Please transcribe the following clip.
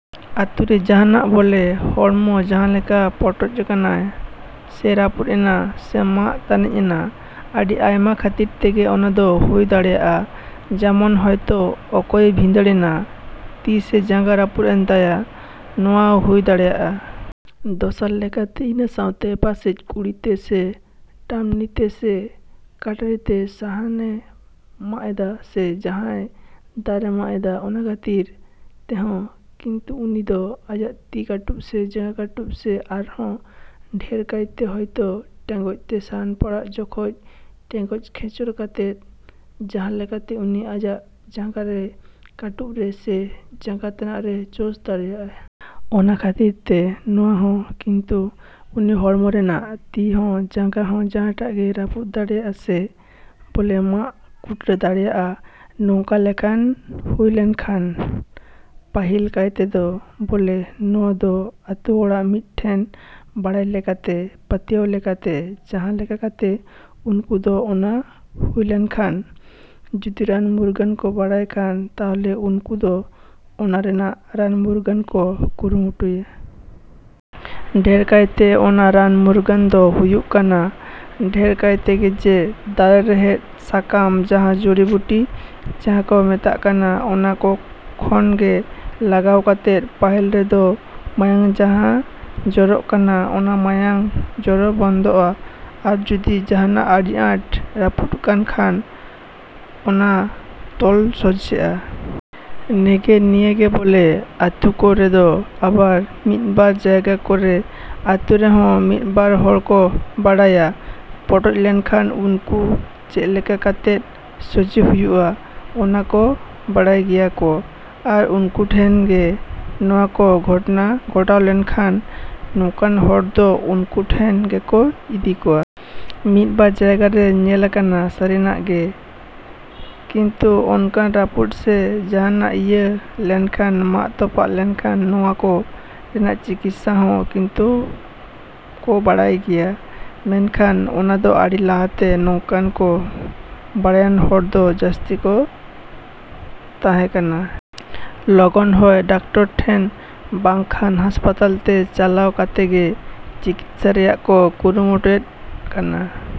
‎ᱟᱹᱛᱩᱨᱮ ᱡᱟᱸᱦᱟᱱᱟᱜ ᱵᱚᱞᱮ ᱦᱚᱲᱢᱚ ᱡᱟᱸᱦᱟ ᱞᱮᱠᱟ ᱯᱚᱴᱚᱡ ᱠᱟᱱᱟ ᱥᱮ ᱨᱟᱹᱯᱩᱫ ᱮᱱᱟ ᱥᱮ ᱢᱟᱜ ᱛᱟᱹᱱᱤᱡ ᱮᱱᱟ, ᱟᱹᱰᱤ ᱟᱭᱢᱟ ᱠᱷᱟᱹᱛᱤᱨ ᱛᱮᱜᱮ ᱚᱱᱟ ᱫᱚ ᱦᱩᱭ ᱫᱟᱲᱮᱭᱟᱜᱼᱟ᱾ ᱡᱮᱢᱚᱱ ᱦᱚᱭᱛᱚ ᱚᱠᱚᱭᱮ ᱵᱷᱤᱸᱫᱟᱹᱲ ᱮᱱᱟ, ᱛᱤ ᱥᱮ ᱡᱟᱸᱜᱟ ᱨᱟᱹᱯᱩᱫ ᱮᱱ ᱛᱟᱭᱟ ᱱᱚᱣᱟ ᱦᱩᱭ ᱫᱟᱲᱮᱭᱟᱜᱼᱟ᱾ ᱫᱚᱥᱟᱨ ᱞᱮᱠᱟᱛᱮ ᱤᱱᱟᱹ ᱥᱟᱶᱛᱮ ᱯᱟᱥᱮᱡ ᱠᱩᱰᱤ ᱛᱮ ᱥᱮ ᱴᱟᱹᱢᱱᱤ ᱛᱮ ᱥᱮ ᱠᱟᱹᱴᱟᱹᱨᱤ ᱛᱮ ᱥᱟᱦᱟᱱᱮ ᱢᱟᱜ ᱮᱫᱟ ᱥᱮ ᱡᱟᱸᱦᱟᱱᱟᱜ ᱰᱟᱹᱨᱼᱮ ᱢᱟᱜ ᱮᱫᱟ, ᱚᱱᱟ ᱠᱷᱟᱹᱛᱤᱨ ᱛᱮᱦᱚᱸ ᱠᱤᱱᱛᱩ ᱩᱱᱤ ᱫᱚ ᱟᱭᱟᱜ ᱛᱤ ᱠᱟᱹᱴᱩᱵ ᱥᱮ ᱡᱟᱸᱜᱟ ᱠᱟᱹᱴᱩᱵ ᱥᱮ ᱟᱨᱦᱚᱸ ᱰᱷᱮᱨ ᱠᱟᱭᱛᱮ ᱦᱚᱭᱛᱚ ᱴᱮᱸᱜᱚᱡ ᱛᱮ ᱥᱟᱦᱟᱱ ᱯᱟᱲᱟᱜ ᱡᱚᱠᱷᱚᱡ ᱴᱮᱸᱜᱚᱡ ᱠᱷᱮᱧᱪᱚᱲ ᱠᱟᱛᱮᱫ ᱡᱟᱸᱦᱟ ᱞᱮᱠᱟᱛᱮ ᱩᱱᱤ ᱟᱭᱟᱜ ᱡᱟᱸᱜᱟ ᱨᱮ ᱠᱟᱹᱴᱩᱵ ᱨᱮ ᱥᱮ ᱡᱟᱸᱜᱟ ᱛᱟᱱᱟᱜ ᱨᱮ ᱡᱚᱥ ᱫᱟᱲᱮᱭᱟᱜᱼᱟᱭ᱾ ᱚᱱᱟ ᱠᱷᱟᱹᱛᱤᱨ ᱛᱮ ᱱᱚᱣᱟ ᱦᱚᱸ ᱠᱤᱱᱛᱩ ᱦᱚᱲᱢᱚ ᱨᱮᱱᱟᱜ ᱛᱤ ᱦᱚᱸ ᱡᱟᱸᱜᱟ ᱦᱚᱸ ᱡᱟᱸᱦᱟᱴᱟᱜ ᱜᱮ ᱨᱟᱹᱯᱩᱫ ᱫᱟᱲᱮᱭᱟᱜ ᱥᱮ ᱵᱚᱞᱮ ᱢᱟᱜ ᱠᱩᱴᱨᱟᱹ ᱫᱟᱲᱮᱭᱟᱜᱼᱟ ᱱᱚᱝᱠᱟ ᱞᱮᱠᱟᱱ ᱦᱩᱭ ᱞᱮᱱᱠᱷᱟᱱ᱾ ᱯᱟᱹᱦᱤᱞ ᱠᱟᱭ ᱛᱮᱫᱚ ᱵᱚᱞᱮ ᱱᱚᱣᱟ ᱫᱚ ᱟᱛᱳ ᱦᱚᱲᱟᱜ ᱢᱤᱫᱴᱮᱱ ᱵᱟᱲᱟᱭ ᱞᱮᱠᱟᱛᱮ, ᱯᱟᱹᱛᱭᱟᱹᱣ ᱞᱮᱠᱟᱛᱮ ᱡᱟᱸᱦᱟ ᱞᱮᱠᱟ ᱠᱟᱛᱮ ᱩᱱᱠᱩ ᱫᱚ ᱚᱱᱟ ᱦᱩᱭ ᱞᱮᱱᱠᱷᱟᱱ ᱡᱩᱫᱤ ᱨᱟᱱ ᱢᱩᱨᱜᱟᱹᱱ ᱠᱚ ᱵᱟᱲᱟᱭ ᱠᱷᱟᱱ ᱛᱟᱦᱞᱮ ᱩᱱᱠᱩ ᱫᱚ ᱚᱱᱟ ᱨᱮᱱᱟᱜ ᱨᱟᱱ ᱢᱩᱨᱜᱟᱹᱱ ᱠᱚ ᱠᱩᱨᱩᱢᱩᱴᱩᱭᱟ᱾ ᱰᱷᱮᱨ ᱠᱟᱭᱛᱮ ᱚᱱᱟ ᱨᱟᱱ ᱢᱩᱨᱜᱟᱹᱱ ᱫᱚ ᱦᱩᱭᱩᱜ ᱠᱟᱱᱟ ᱰᱷᱮᱨ ᱠᱟᱭ ᱛᱮᱜᱮ ᱡᱮ ᱫᱟᱨᱮ ᱨᱮᱦᱮᱫ ᱥᱟᱠᱟᱢ ᱡᱟᱸᱦᱟ ᱡᱩᱲᱤ ᱵᱩᱴᱤ ᱡᱟᱸᱦᱟ ᱠᱚ ᱢᱮᱛᱟᱜ ᱠᱟᱱ, ᱚᱱᱟ ᱠᱚ ᱠᱷᱚᱱ ᱜᱮ ᱞᱟᱜᱟᱣ ᱠᱟᱛᱮᱫ ᱯᱟᱹᱦᱤᱞ ᱨᱮᱫᱚ ᱢᱟᱭᱟᱝ ᱡᱟᱸᱦᱟ ᱡᱚᱨᱚᱜ ᱠᱟᱱ ᱚᱱᱟ ᱢᱟᱭᱟᱝ ᱡᱚᱨᱚ ᱵᱚᱱᱫᱚᱜᱼᱟ ᱟᱨ ᱡᱩᱫᱤ ᱡᱟᱸᱦᱟᱱᱟᱜ ᱟᱹᱰᱤ ᱟᱸᱴ ᱨᱟᱹᱯᱩᱫ ᱠᱟᱱ ᱠᱷᱟᱱ ᱚᱱᱟ ᱛᱚᱞ ᱥᱚᱡᱷᱮᱜᱼᱟ᱾ ᱱᱮᱜᱼᱮ ᱱᱤᱭᱟᱹ ᱜᱮ ᱵᱚᱞᱮ ᱟᱹᱛᱩ ᱠᱚᱨᱮ ᱫᱚ ᱟᱵᱟᱨ ᱢᱤᱫᱵᱟᱨ ᱡᱟᱭᱜᱟ ᱠᱚᱨᱮ ᱟᱹᱛᱩ ᱨᱮᱦᱚᱸ ᱢᱤᱫ ᱵᱟᱨ ᱦᱚᱲ ᱠᱚ ᱵᱟᱲᱟᱭᱟ ᱯᱚᱴᱚᱡ ᱞᱮᱱᱠᱷᱟᱱ ᱩᱱᱠᱩ ᱪᱮᱫ ᱞᱮᱠᱟ ᱠᱟᱛᱮᱫ ᱥᱚᱡᱷᱮ ᱦᱩᱭᱩᱜᱼᱟ ᱚᱱᱟ ᱠᱚ ᱵᱟᱲᱟᱭ ᱜᱮᱭᱟ ᱠᱚ᱾ ᱟᱨ ᱩᱱᱠᱩ ᱴᱷᱮᱱ ᱜᱮ ᱱᱚᱣᱟ ᱠᱚ ᱜᱷᱚᱴᱚᱱᱟ ᱜᱷᱚᱴᱟᱣ ᱞᱮᱱᱠᱷᱟᱱ, ᱱᱚᱝᱠᱟᱱ ᱦᱚᱲ ᱫᱚ ᱩᱱᱠᱩ ᱴᱷᱮᱱ ᱜᱮᱠᱚ ᱤᱫᱤ ᱠᱚᱣᱟ᱾ ᱢᱤᱫᱵᱟᱨ ᱡᱟᱭᱜᱟᱨᱮ ᱧᱮᱞ ᱠᱟᱱᱟ ᱥᱟᱹᱨᱤᱱᱟᱜ ᱜᱮ ᱠᱤᱱᱛᱩ ᱱᱚᱝᱠᱟᱱ ᱨᱟᱹᱯᱩᱫ ᱥᱮ ᱡᱟᱸᱦᱟᱱᱟᱜ ᱤᱭᱟᱹ ᱞᱮᱱᱠᱷᱟᱱ ᱢᱟᱜ ᱛᱚᱯᱟᱜ ᱞᱮᱱᱠᱷᱟᱱ ᱱᱚᱣᱟ ᱠᱚᱨᱮᱱᱟᱜ ᱪᱤᱠᱤᱛᱥᱟ ᱦᱚᱸ ᱠᱤᱱᱛᱩ ᱠᱚ ᱵᱟᱰᱟᱭ ᱜᱮᱭᱟ᱾ ᱢᱮᱱᱠᱷᱟᱱ ᱚᱱᱟᱫᱚ ᱟᱹᱰᱤ ᱞᱟᱦᱟᱛᱮ ᱱᱚᱝᱠᱟᱱ ᱠᱚ ᱵᱟᱲᱟᱭᱟᱱ ᱦᱚᱲ ᱫᱚ ᱡᱟᱹᱥᱛᱤ ᱠᱚ ᱛᱟᱸᱦᱮ ᱠᱟᱱᱟ᱾ ᱞᱚᱜᱚᱱ ᱦᱚᱭ ᱰᱟᱠᱴᱚᱨ ᱴᱷᱮᱱ ᱵᱟᱠᱷᱟᱱ ᱦᱟᱥᱯᱟᱛᱟᱞ ᱛᱮ ᱪᱟᱞᱟᱣ ᱠᱟᱛᱮᱫ ᱜᱮ ᱪᱤᱠᱤᱛᱥᱟ ᱨᱮᱭᱟᱜ ᱠᱚ ᱠᱩᱨᱩᱢᱩᱴᱩᱭᱮᱫ ᱠᱟᱱᱟ᱾।